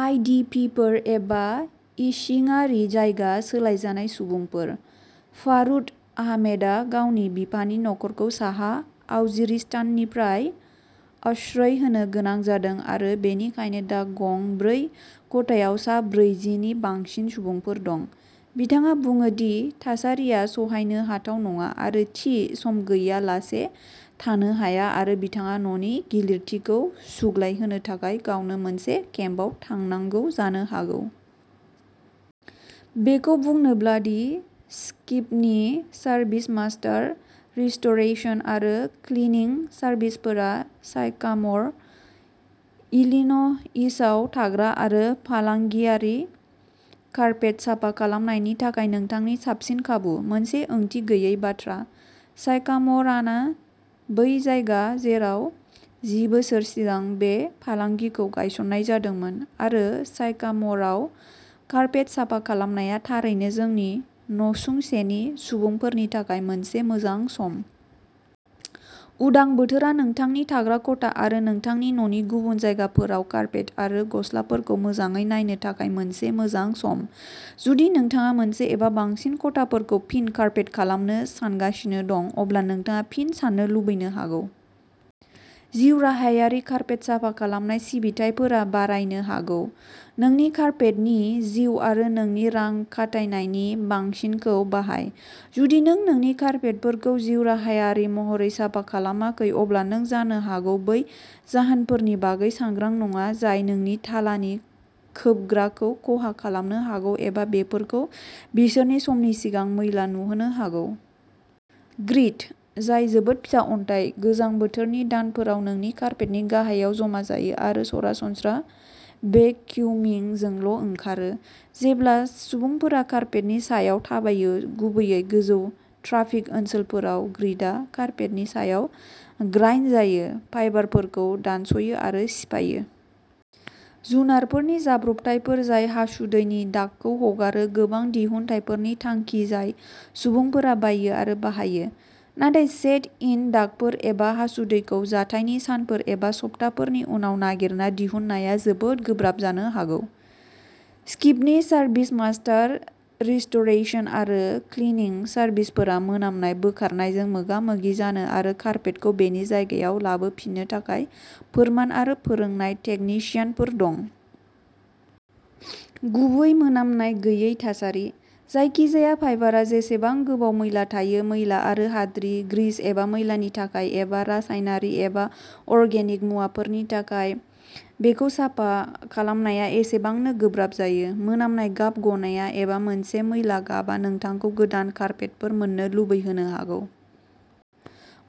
आइडिपिफोर एबा इसिङारि जायगा सोलायजानाय सुबुंफोर। फारुद आहमेदआ गावनि बिफानि नखरखौ साहा अवजिरिस्ताननिफ्राय आश्रय होनो गोनां जादों आरो बेनिखायनो दा गं ब्रै खथायाव सा ब्रैजि नि बांसिन सुबुंफोर दं। बिथाङा बुङो दि थासारिया सहायनो हाथाव नङा आरो थि सम गैयालासे थानो हाया आरो बिथाङा न'नि गिलिरथिखौ सुग्लायहोनो थाखाय गावनो मोनसे केम्पआव थांनांगौ जानो हागौ। बेखौ बुंनोब्ला दि स्किपनि सार्भिसमास्टार रिस्ट'रेसन आरो क्लिनिं सार्भिसफोरा साइकाम'र, इलिन'इसआव थाग्रा आरो फालांगियारि कार्पेट साफा खालामनायनि थाखाय नोंथांनि साबसिन खाबु, मोनसे ओंथि गैयै बाथ्रा। साइकाम'राना बै जायगा जेराव जि बोसोर सिगां बे फालांगिखौ गायसननाय जादोंमोन, आरो साइकाम'रआव कार्पेट साफा खालामनाया थारैनो जोंनि नसुंसेनि सुबुंफोरनि थाखाय मोनसे मोजां सम। उदां बोथोरा नोंथांनि थाग्रा खथा आरो नोंथांनि न'नि गुबुन जायगाफोराव कार्पेट आरो गस्लाफोरखौ मोजाङै नायनो थाखाय मोनसे मोजां सम। जुदि नोंथाङा मोनसे एबा बांसिन खथाफोरखौ फिन कार्पेट खालामनो सानगासिनो दं, अब्ला नोंथाङा फिन साननो लुबैनो हागौ। जिउराहायारि कार्पेट साफा खालामनाय सिबिथाइफोरा बारायनो हागौ। नोंनि कार्पेटनि जिउ आरो नोंनि रां खाथायनायनि बांसिनखौ बाहाय। जुदि नों नोंनि कार्पेटफोरखौ जिउराहायारि महरै साफा खालामाखै, अब्ला नों जानो हागौ बै जाहोनफोरनि बागै सांग्रां नङा जाय नोंनि थालानि खोबग्राखौ खहा खालामनो हागौ एबा बेफोरखौ बिसोरनि समनि सिगां मैला नुहोनो हागौ। ग्रिट, जाय जोबोद फिसा अन्थाइ, गोजां बोथोरनि दानफोराव नोंनि कार्पेटनि गाहायाव जमा जायो, आरो सरासनस्रा भेकियुमिंजोंल'ओंखारो। जेब्ला सुबुंफोरा कार्पेटनि सायाव थाबायो, गुबैयै गोजौ ट्राफिक ओनसोलफोराव, ग्रिटआ कार्पेटनि सायाव ग्राइन्ड जायो, फाइबारफोरखौ दानस'यो आरो सिफायो। जुनारफोरनि जाब्रबथायफोर जाय हासुदैनि दागखौ हगारो, गोबां दिहुनथायफोरनि थांखि जाय सुबुंफोरा बायो आरो बाहायो। नाथाय, सेट-इन दागफोर एबा हासुदैखौ जाथायनि सानफोर एबा सप्ताफोरनि उनाव नागिरना दिहुननाया जोबोद गोब्राब जानो हागौ। स्किपनि सार्भिसमास्टार रिस्ट'रेसन आरो क्लिनिं सार्भिसफोरा मोनामनाय बोखारनायजों मोगा-मोगि जानो आरो कार्पेटखौ बेनि जायगायाव लाबोफिननो थाखाय फोरमान आरो फोरोंनाय तेकनिसियानफोर दं। गुबै मोनामनाय गैयै थासारि। जायखिजाया फाइबारआ जेसेबां गोबाव मैला थायो मैला आरो हाद्रि, ग्रिस एबा मैलानि थाखाय, एबा रासायनारि एबा अर्गेनिक मुवाफोरनि थाखाय बेखौ साफा खालामनाया एसेबांनो गोब्राब जायो। मोनामनाय, गाब गनाया, एबा मोनसे मैला गाबआ नोंथांखौ गोदान कार्पेटफोर मोननो लुबैहोनो हागौ।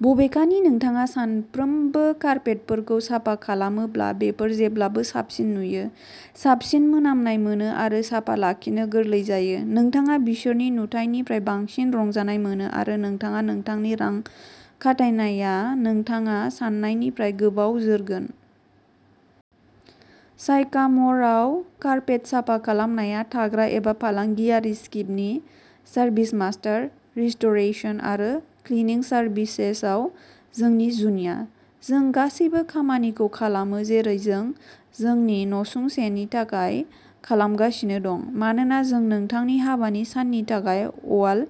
बबेखानि, नोंथाङा सानफ्रोमबो कार्पेटफोरखौ साफा खालामोब्ला, बेफोर जेब्लाबो साबसिन नुयो, साबसिन मोनामनाय मोनो आरो साफा लाखिनो गोरलै जायो। नोंथाङा बिसोरनि नुथाइनिफ्राय बांसिन रंजानाय मोनो, आरो नोंथाङा नोंथांनि रां खाथायनाया नोंथाङा साननायनिफ्राय गोबाव जोरगोन। साइकाम'रआव कार्पेट साफा खालामनाया थाग्रा एबा फालांगियारि स्किपनि सार्भिसमास्टार रिस्ट'रेसन आरो क्लिनिं सार्भिसेसआव जोंनि जुनिया। जों गासैबो खामानिखौ खालामो जेरै जों जोंनि नसुंसेनि थाखाय खालामगासिनो दं मानोना जों नोंथांनि हाबानि साननि थाखाय अवाल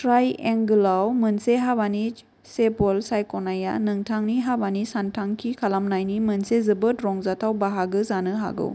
ट्राइएंगोलआव मोनसे हाबानि चेपल सायख'नाया नोंथांनि हाबानि सानथांखि खालामनायनि मोनसे जोबोद रंजाथाव बाहागो जानो हागौ।